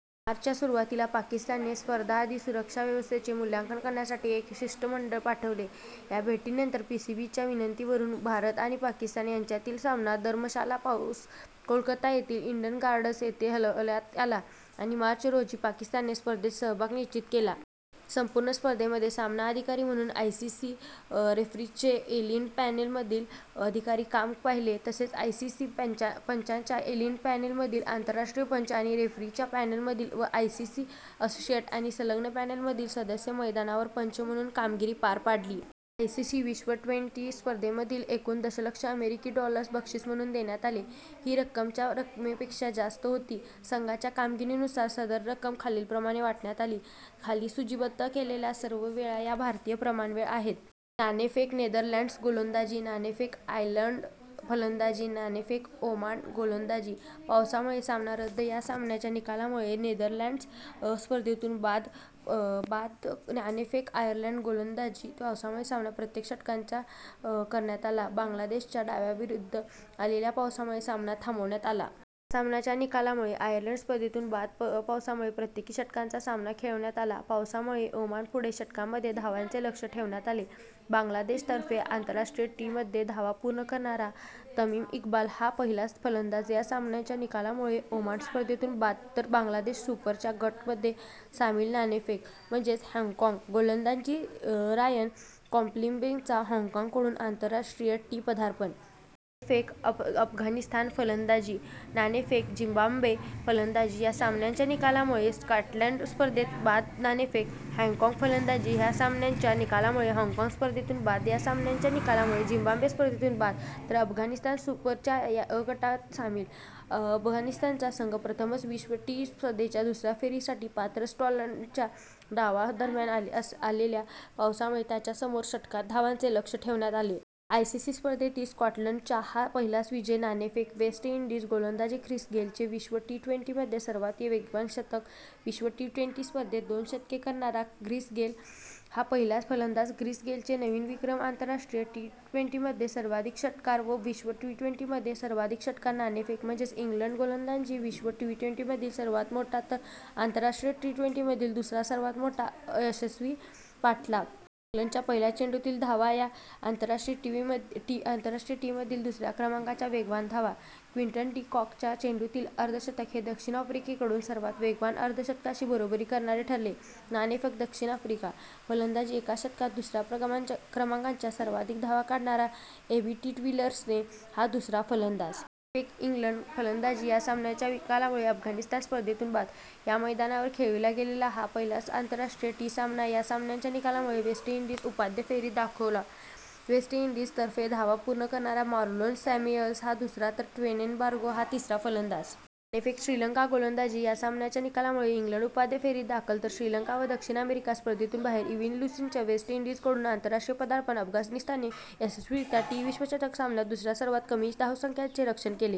मार्च च्या सुरुवातीला पाकिस्तानने स्पर्धआधी सुरक्षा व्यवस्थेचे मुल्यांकन करण्यासाठी एक शिष्टमंडळ पाठविले. ह्या भेटीनंतर पीसीबीच्या विनंतीवरून भारत आणि पाकिस्तान यांच्यातील सामना धरमशाला पासून कोलकाता येथील ईडन गार्डन्स येथे हलविण्यात आला, आणि मार्च रोजी पाकिस्तानने स्पर्धेत सहभाग निश्चित केला. संपूर्ण स्पर्धेमध्ये सामना अधिकारी म्हणून आय. सी. सी. रेफ्रींचे एलिट पॅनेलमधील अधिकाऱ्यांनी काम पाहीले. तसेच आय. सी. सी. पंचांच्या एलिट पॅनेलमधील, आंतरराष्ट्रीय पंच आणि रेफ्रींच्या पॅनेल मधील व आय. सी. सी. असोसिएट आणि संलग्न पॅनेलमधील सदस्य मैदानावर पंच म्हणून कामगिरी पार पाडली. आयसीसी विश्व ट्वेंटी स्पर्धेमध्ये एकूण दशलक्ष अमेरिकी डॉलर्स बक्षीस म्हणून देण्यात आले. ही रक्कम च्या रकमेपेक्षा जास्त होती. संघांच्या कामगिरीनुसार सदर रक्कम खालीलप्रमाणे वाटण्यात आली: खाली सुचीबद्ध केलेल्या सर्व वेळा ह्या भारतीय प्रमाणवेळ आहेत. नाणेफेक: नेदरलँड्स, गोलंदाजी नाणेफेक: आयर्लंड, फलंदाजी नाणेफेक: ओमान, गोलंदाजी पावसामुळे सामना रद्द या सामन्याच्या निकालामुळे नेदरलँड्स स्पर्धेतून बाद नाणेफेक: आयर्लंड, गोलंदाजी पावसामुळे सामना प्रत्येकी षटकांचा करण्यात आला. बांगलादेशच्या डावादरम्यान आलेल्या पावसामुळे सामना थांबवण्यात आला. या सामन्याच्या निकालामुळे आयर्लंड स्पर्धेतून बाद पावसामुळे प्रत्येकी षटकांचा सामना खेळविण्यात आला. पावसामुळे ओमान पुढे षटकांमध्ये धावांचे लक्ष्य ठेवण्यात आले बांगलादेश तर्फे आंतरराष्ट्रीय टी मध्ये धावा पूर्ण करणारा तमीम इक्बाल हा पहिलाच फलंदाज या सामन्याच्या निकालामुळे ओमान स्पर्धेतून बाद तर बांगलादेश सुपर च्या गट मध्ये सामील नाणेफेक: हाँग काँग, गोलंदाजी रायन कॅम्पबेलचे हाँग काँग कडून आंतरराष्ट्रीय टी पदार्पण. नाणेफेक: अफगाणिस्तान, फलंदाजी नाणेफेक: झिंबाब्वे, फलंदाजी ह्या सामन्याच्या निकालामुळे स्कॉटलंड स्पर्धेतून बाद नाणेफेक: हाँग काँग, फलंदाजी ह्या सामन्याच्या निकालामुळे हाँग काँग स्पर्धेतून बाद ह्या सामन्याच्या निकालामुळे झिंबाब्वे स्पर्धेतून बाद तर अफगाणिस्तान सुपर च्या अ गटात सामील अफगाणिस्तानचा संघ प्रथमच विश्व टी स्पर्धेच्या दुसऱ्या फेरीसाठी पात्र स्कॉटलंडच्या डावा दरम्यान आलेल्या पावसामुळे त्यांच्यासमोर षटकांत धावांचे लक्ष्य ठेवण्यात आले. आय. सी. सी. स्पर्धेतील स्कॉटलंडचा हा पहिलाच विजय नाणेफेक: वेस्ट इंडीज, गोलंदाजी ख्रिस गेलचे विश्व टी-ट्वेंटी मध्ये सर्वात वेगवान शतक विश्व टी-ट्वेंटी स्पर्धेत दोन शतके करणारा ख्रिस गेल हा पहिलाच फलंदाज ख्रिस गेलचे नवीन विक्रम आंतरराष्ट्रीय टी मध्ये सर्वाधिक षट्कार व विश्व टी-ट्वेंटी मध्ये सर्वाधिक षट्कार नाणेफेक: इंग्लंड, गोलंदाजी विश्व टी-ट्वेंटी मधील सर्वात मोठा तर आंतरराष्ट्रीय टी मधील दुसरा सर्वात मोठा यशस्वी पाठलाग. इंग्लंडच्या पहिला चेंडूंतील धावा ह्या आंतरराष्ट्रीय टी मधील दुसऱ्या क्रमांकाच्या वेगवान धावा. क्विंटन डि कॉकचे चेंडूतील अर्धशतक हे दक्षिण आफ्रिकेकडून सर्वात वेगवान अर्धशतकाशी बरोबरी करणारे ठरले. नाणेफेक: दक्षिण आफ्रिका, फलंदाजी एका शतकात दुसऱ्या क्रमांकाच्या सर्वाधिक धावा काढणारा एबी डि व्हिलियर्स हा दुसरा फलंदाज. नाणेफेक: इंग्लंड, फलंदाजी या सामन्याच्या निकालामुळे अफगाणिस्तान स्पर्धेतून बाद ह्या मैदानावर खेळविला गेलेला हा पहिलाच आंतरराष्ट्रीय टी सामना या सामन्याच्या निकालामुळे वेस्ट इंडीज उपांत्य फेरीत दाखल वेस्ट इंडीज तर्फे धावा पूर्ण करणारा मार्लोन सॅम्युएल्स हा दुसरा तर ड्वेन ब्राव्हो हा तिसरा फलंदाज. नाणेफेक: श्रीलंका, गोलंदाजी या सामन्याच्या निकालामुळे इंग्लंड उपांत्य फेरीत दाखल, तर श्रीलंका व दक्षिण आफ्रिका स्पर्धेतून बाहेर इव्हीन लुईसचे वेस्ट इंडीजकडून आंतरराष्ट्रीय पदार्पण अफगाणिस्तानने यशस्वीरित्या टी- विश्वचषक सामन्यात दुसऱ्या सर्वात कमी धावसंख्याचे रक्षण केले.